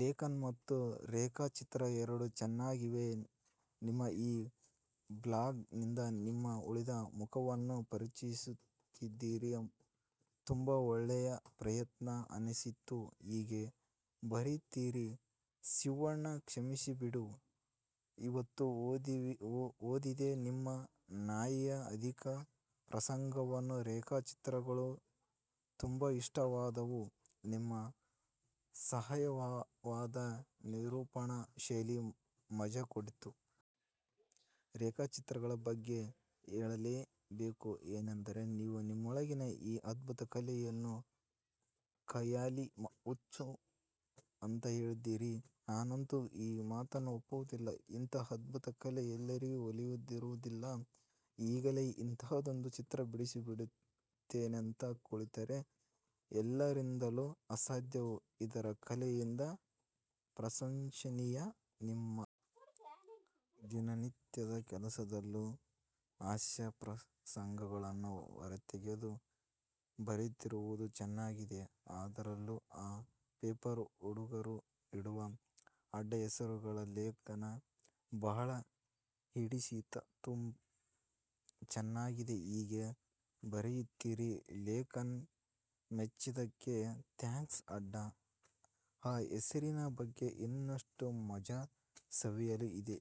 ಲೇಖನ ಮತ್ತು ರೇಖಾಚಿತ್ರ ಎರಡು ಚೆನ್ನಾಗಿವೆ. ನಿಮ್ಮ ಈ ಬ್ಲಾಗ್ ನಿಂದ ನಿಮ್ಮ ಉಳಿದ ಮುಖಗಳನ್ನು ಪರಿಚಯಿಸುತ್ತಿದ್ದೀರಿ. ತುಂಬಾ ಒಳ್ಳೆಯ ಪ್ರಯತ್ನ ಅನ್ನಿಸಿತು. ಹೀಗೆ ಬರೆಯುತ್ತಿರಿ. ಶಿವಣ್ಣ.. ಕ್ಷಮಿಸಿಬಿಡು.. ಇವತ್ತು ಓದಿದೆ ನಿಮ್ 'ನಾಯಿಯ ಅಧಿಕ ಪ್ರಸಂಗ'ವನ್ನು. ರೇಖಾಚಿತ್ರಗಳು ತುಂಬಾ ಇಷ್ಟವಾದುವು.. ನಿಮ್ಮ ಹಾಸ್ಯಮಯವಾದ ನಿರೂಪಣಾ ಶೈಲಿ ಮಜಾ ಕೊಡ್ತು. ರೇಖಾಚಿತ್ರಗಳ ಬಗ್ಗೆ ಹೇಳಲೇಬೇಕು. ಏನೆಂದರೆ ನೀವು ನಿಮ್ಮೊಳಗಿನ ಈ ಅಧ್ಬುತ ಕಲೆಯನ್ನು ಖಯಾಲಿ, ಹುಚ್ಚು ಅಂತ ಹೇಳಿದ್ದೀರಿ. ನಾನಂತೂ ಈ ಮಾತನ್ನು ಒಪ್ಪುವುದಿಲ್ಲ. ಇಂಥಹ ಅದ್ಭುತ ಕಲೆ ಎಲ್ಲರಿಗೂ ಒಲಿದಿರುವುದಿಲ್ಲ, ಈಗಲೇ ಇಂಥಹದೊಂದು ಚಿತ್ರ ಬಿಡಿಸಿಬಿಡುತ್ತೇನಂತ ಕುಳಿತರೆ ಎಲ್ಲರಿಂದಲೂ ಸಾಧ್ಯವೂ ಇರದ ಕಲೆಯಿದು. ಪ್ರಶಂಸನೀಯ. ನಿಮ್ಮ ದಿನನಿತ್ಯದ ಕೆಲಸದಲ್ಲೂ ಹಾಸ್ಯಪ್ರಸಂಗಗಳನ್ನು ಹೊರತೆಗೆದು ಬರೆಯುತ್ತಿರುವುದು ಚೆನ್ನಾಗಿದೆ, ಅದ್ರಲ್ಲೂ ಆ ಪೇಪರು ಹುಡುಗರು ಇಡುವ ಅಡ್ಡ ಹೆಸರುಗಳ ಲೇಖನ ಬಹಳ ಹಿಡಿಸಿತುತುಮ್ಬಾ ಚೆನ್ನಾಗಿದೆ ಹೀಗೆ ಬರೆಯುತ್ತಿರಿ ಲೇಖನ ಮೆಚ್ಚಿದ್ದಕ್ಕೆ ಥ್ಯಾಂಕ್ಸ್ ಆಡ್ಡ ಅ ಹೆಸರಿನ ಬಗ್ಗೆ ಇನ್ನಷ್ಟು ಮಜ ಸವಿಯಲು ಇದೇ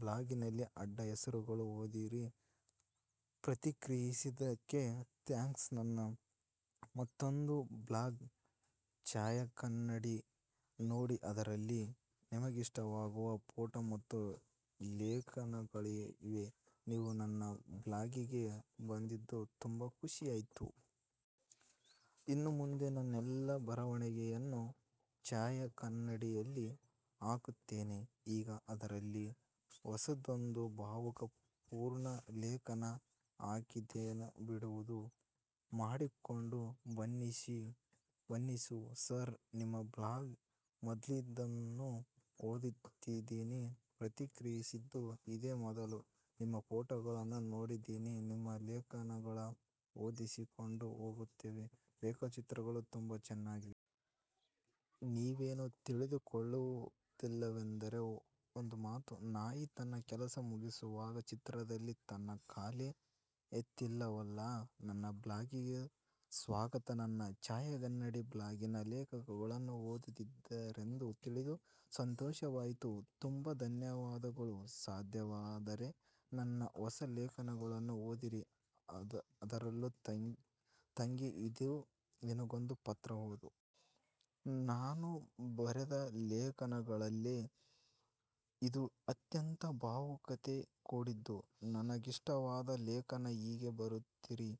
ಬ್ಲಾಗಿನಲ್ಲಿ ಆಡ್ಡ ಹೆಸರುಗಳು ಓದಿರಿ ಪ್ರತಿಕ್ರಿಯಿಸಿದ್ದಕ್ಕೆ ಥ್ಯಾಂಕ್ಸ್ ನನ್ನ ಮತ್ತೊಂದು ಬ್ಲಾಗ್ ಛಾಯಾಕನ್ನಡಿ ನೋಡಿ ಅದರಲ್ಲಿ ನಿಮಗಿಷ್ಟವಾಗುವ ಫೋಟೋ ಮತ್ತು ಲೇಖನಗಳಿವೆ ನೀವು ನನ್ನ ಬ್ಲಾಗಿಗೆ ಬಂದಿದ್ದೂ ತುಂಬಾ ಖುಷಿಯಾಯ್ತು. ಇನ್ನು ಮುಂದೆ ನನ್ನೆಲ್ಲಾ ಬರವಣಿಗೆಯನ್ನು ಛಾಯಾಕನ್ನಡಿಯಲ್ಲಿ ಹಾಕುತ್ತೇನೆ. ಈಗ ಅದರಲ್ಲಿ ಹೊಸದೊಂದು ಭಾವುಕ ಪೂರ್ಣ ಲೇಖನ ಹಾಕಿದ್ದೇನೆಬಿಡುವು ಮಾಡಿಕೊಂಡು ಬನ್ನಿಶಿವು ಸರ್! ನಿಮ್ಮ ಬ್ಲಾಗ್ ಮೊದ್ಲಿಂದನೂ ಓದ್ತಿದೀನಿ. ಪ್ರತಿಕ್ರಿಯಿಸಿದ್ದು ಇದೇ ಮೊದಲು. ನಿಮ್ಮ ಫೋಟೋ ಗಳನ್ನೂ ನೋಡಿದ್ದೀನಿ ನಿಮ್ಮ ಲೇಖನಗಳು ಓದಿಸಿಕೊಂಡು ಹೋಗುತ್ತವೆ. ರೇಖಾಚಿತ್ರಗಳು ತುಂಬಾ ಚೆನ್ನಾಗಿವೆ. ನೀವೇನೂ ತಿಳಿದುಕೊಳ್ಳುವುದಿಲ್ಲವೆಂದರೆ ಒಂದು ಮಾತು. ನಾಯಿ ತನ್ನ ಕೆಲಸ ಮುಗಿಸುವಾಗ ಚಿತ್ರದಲ್ಲಿ ತನ್ನ ಕಾಲೇ ಎತ್ತಿಲ್ಲವಲ್ಲ?:- ನನ್ನ ಬ್ಲಾಗಿಗೆ ಸ್ವಾಗತ. ನನ್ನ ಛಾಯಾಕನ್ನಡಿ ಬ್ಲಾಗಿನ ಲೇಖನಗಳನ್ನು ಓದಿದ್ದೀರೆಂದು ತಿಳಿದು ಸಂತೋಷವಾಯಿತು, ತುಂಬಾ ಧನ್ಯವಾದಗಳು ಸಾದ್ಯವಾದರೆ ನನ್ನ ಹೊಸ ಲೇಖನಗಳನ್ನು ಓದಿರಿ. ಅದರಲ್ಲೂ "ತಂಗಿ ಇದೊ ನಿನಗೊಂದು ಪತ್ರ" ಓದಿ. ನಾನು ಬರೆದ ಲೇಖನಗಳಲ್ಲೇ ಇದು ಅತ್ಯಂತ ಭಾವುಕತೆ ಕೂಡಿದ್ದು ನನಗಿಷ್ಟವಾದ ಲೇಖನ ಹೀಗೆ ಬರುತ್ತಿರಿ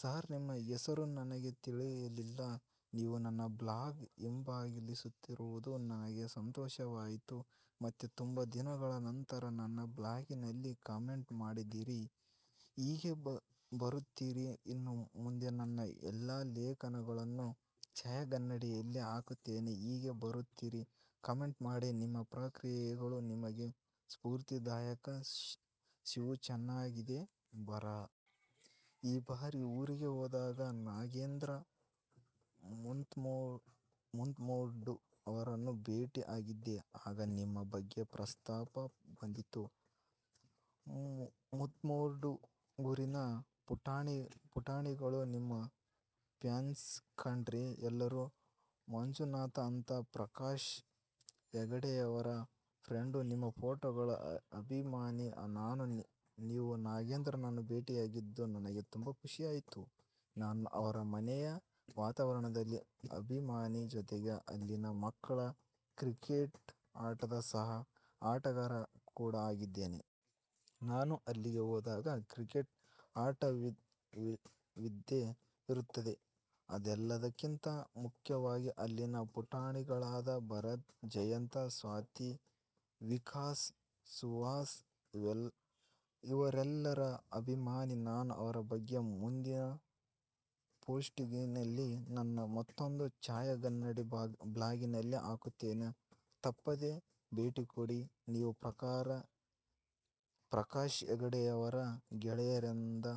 ಸಾರ್, ನಿಮ್ಮ ಹೆಸರು ನನಗೆ ತಿಳಿಯಲಿಲ್ಲ. ನೀವು ನನ್ನ ಬ್ಲಾಗ್ ಹಿಂಬಾಲಿಸುತ್ತಿರುವುದು ನನಗೆ ಸಂತೋಷವಾಯಿತು ಮತ್ತೆ ತುಂಬಾ ದಿನಗಳ ನಂತರ ನನ್ನ ಬ್ಲಾಗಿನಲ್ಲಿ ಕಾಮೆಂಟ್ ಮಾಡಿದ್ದೀರಿ ಹೀಗೆ ಬರುತ್ತಿರಿ ಇನ್ನು ಮುಂದೆ ನನ್ನ ಎಲ್ಲಾ ಲೇಖನಗಳನ್ನು ಛಾಯಾಕನ್ನಡಿಯಲ್ಲೇ ಹಾಕುತ್ತೇನೆ ಹೀಗೆ ಬರುತ್ತಿರಿ ಕಾಮೆಂಟ್ ಮಾಡಿ ನಿಮ್ಮ ಪ್ರತಿಕ್ರಿಯೆಗಳು ನಮಗೆ ಸ್ಪೂರ್ತಿದಾಯಕ ಶಿವು, ಚೆನಾಗಿದೆ ಬರಹ. ಈ ಬಾರಿ ಊರಿಗೆ ಹೋದಾಗ ನಾಗೇಂದ್ರ ಮುತ್ಮುರ್ಡು ಅವರನ್ನು ಭೇಟಿ ಆಗಿದ್ದೆ. ಆಗ ನಿಮ್ಮ ಬಗ್ಗೆ ಪ್ರಸ್ತಾಪ ಬಂದಿತ್ತು. ಮುತ್ಮುರ್ಡು ಊರಿನ ಪುಟಾಣಿಗಳು ನಿಮ್ಮ ಫ್ಯಾನ್ಸ್ ಕಣ್ರೀ! ಹೆಸರು ಮಂಜುನಾಥ ಅಂತ.. ಪ್ರಕಾಶ ಹೆಗಡೆಯವರ ಫ್ರೆಂಡು. ನಿಮ್ಮ ಫೊಟೊಗಳ ಅಭಿಮಾನಿ ನಾನು. ನೀವು ನಾಗೇಂದ್ರನನ್ನು ಬೇಟಿಯಾಗಿದ್ದು ನನಗೆ ತುಂಬಾ ಖುಷಿಯಾಯಿತು, ನಾನು ಅವರ ಮನೆಯ ವಾತಾವರಣದ ಅಭಿಮಾನಿ ಜೊತೆಗೆ ಅಲ್ಲಿನ ಮಕ್ಕಳ ಕ್ರಿಕೆಟ್ ಆಟದ ಸಹ ಆಟಗಾರಕೂಡ ಆಗಿದ್ದೇನೆ. ನಾನು ಅಲ್ಲಿಗೆ ಹೋದಾಗ ಕ್ರಿಕೆಟ್ ಆಟವಿದ್ದೇ ಇರುತ್ತದೆ ಅದೆಲ್ಲಕ್ಕಿಂತ ಮುಖ್ಯವಾಗಿ ಅಲ್ಲಿನ ಪುಟಾಣಿಗಳಾದ ಭರತ್, ಜಯಂತ್, ಸ್ವಾತಿ, ವಿಕಾಶ್, ಸುಹಾಸ್ ಇವರೆಲ್ಲರ ಅಭಿಮಾನಿ ನಾನು ಅವರ ಬಗ್ಗೆ ಮುಂದಿನ ಫೋಷ್ಟಿಂಗಿನಲ್ಲಿ ನನ್ನ ಮತ್ತೊಂದು ಛಾಯಾ ಕನ್ನಡಿ ಬ್ಲಾಗಿನಲ್ಲಿ ಹಾಕುತ್ತೇನೆ. ತಪ್ಪದೆ ಬೇಟಿಕೊಡಿ. ನೀವು ಪ್ರಕಾಶ ಹೆಗಡೆಯವರ ಗೆಳೆಯರೆಂದ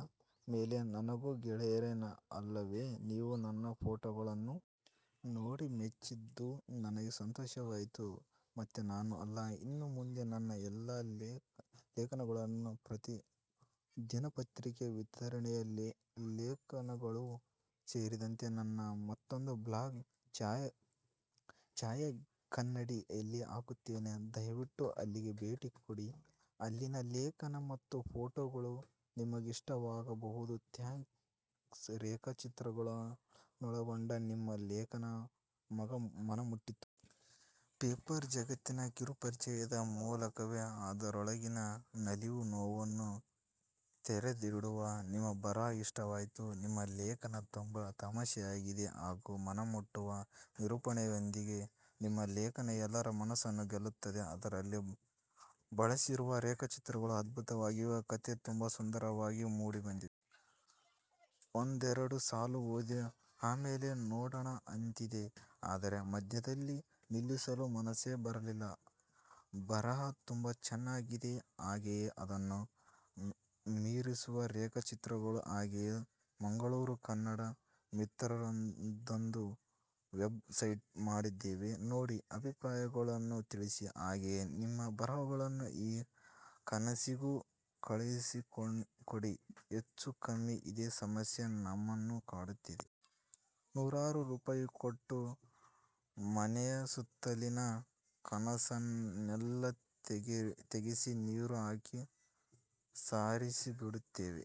ಮೇಲೆ ನನಗೂ ಗೆಳೆಯರೆ ಅಲ್ಲವೇ ನೀವು ನನ್ನ ಫೋಟೋಗಳನ್ನು. ನೋಡಿ ಮೆಚ್ಚಿದ್ದು ನನಗೆ ಸಂತೋಷವಾಯಿತು ಮತ್ತೆ ನಾನು ಇಲ್ಲ ಇನ್ನು ಮುಂದೆ ನನ್ನ ಎಲ್ಲಾ ಲೇಖನಗಳನ್ನು ದಿನಪತ್ರಿಕೆ ವಿತರಣೆಯ ಲೇಖನಗಳು ಸೇರಿದಂತೆ ನನ್ನ ಮತ್ತೊಂದು ಬ್ಲಾಗ್ "ಛಾಯಾಕನ್ನಡಿ" ಯಲ್ಲಿ ಹಾಕುತ್ತೇನೆ. ದಯವಿಟ್ಟು ಅಲ್ಲಿಗೆ ಭೇಟಿಕೊಡಿ ಅಲ್ಲಿನ ಲೇಖನ ಮತ್ತು ಫೋಟೊಗಳು ನಿಮಗಿಷ್ಟವಾಗಬಹುದು ಥ್ಯಾಂಕ್ಸ್ ರೇಖಾ ಚಿತ್ರಗಳನ್ನೊಳಗೊಂಡ ನಿಮ್ಮ ಲೇಖನ ಮನ ಮುಟ್ಟಿತು. ಪೇಪರ್ ಜಗತ್ತಿನ ಕಿರು ಪರಿಚಯದ ಮೂಲಕವೇ ಅದರೊಳಗಿನ ನಲಿವು, ನೋವನ್ನು ತೆರೆದಿಡುವ ನಿಮ್ಮ ಬರಹ ಇಷ್ಟವಾಯಿತು. ನಿಮ್ಮ ಲೇಖನ ತುಂಬಾ ತಮಾಷೆಯಾಗಿದೆ ಹಾಗೂ ಮನಮುಟ್ಟುವ ನಿರೂಪಣೆಯೊಂದಿಗೆ ನಿಮ್ಮ ಲೇಖನ ಎಲ್ಲರ ಮನಸ್ಸನ್ನು ಗೆಲ್ಲುತ್ತದೆ. ಅದರಲ್ಲಿ ಬಳಸಿರುವ ರೇಖಾಚಿತ್ರಗಳು ಅದ್ಭುತವಾಗಿವೆ.. ಕಥೆ ತುಂಬ ಸುಂದರವಾಗಿ ಮೂಡಿ ಬಂದಿದೆ. ಒಂದೆರಡು ಸಾಲು ಓದಿ ಆಮೇಲೆ ನೋಡೊಣ ಅಂತಿದ್ದೆ, ಆದರೆ ಮಧ್ಯದಲ್ಲಿ ನಿಲ್ಲಿಸಲು ಮನಸೇ ಬರಲಿಲ್ಲ. ಬರಹ ತುಂಬಾ ಚೆನ್ನಾಗಿದೆ. ಹಾಗೆಯೇ ಅದನ್ನು ಮೀರಿಸುವ ರೇಖಾ ಚಿತ್ರಗಳು. ಹಾಗೆಯೇ ಮಂಗಳೂರು ಕನ್ನಡ ಮಿತ್ರರದ್ದೊಂದು ವೆಬ್ ಸೈಟ್ ಮಾಡಿದ್ದೇವೆ. ನೋಡಿ ಅಭಿಪ್ರಾಯಗಳನ್ನು ತಿಳಿಸಿ. ಹಾಗೆಯೇ ನಿಮ್ಮ ಬರಹಗಳನ್ನು ಈ ಕನಸಿಗೂ ಕಳುಹಿಸಿಕೊಡಿ ಹೆಚ್ಚೂ ಕಮ್ಮಿ ಇದೇ ಸಮಸ್ಯೆ ನಮ್ಮನ್ನೂ ಕಾಡುತ್ತಿದೆ. ನೂರಾರು ರೂಪಾಯಿ ಕೊಟ್ಟು ಮನೆಯ ಸುತ್ತಲಿನ ಕಸವನ್ನೆಲ್ಲಾ ತೆಗೆಸಿ, ನೀರು ಹಾಕಿ ಸಾರಿಸಿಡುತ್ತೇವೆ.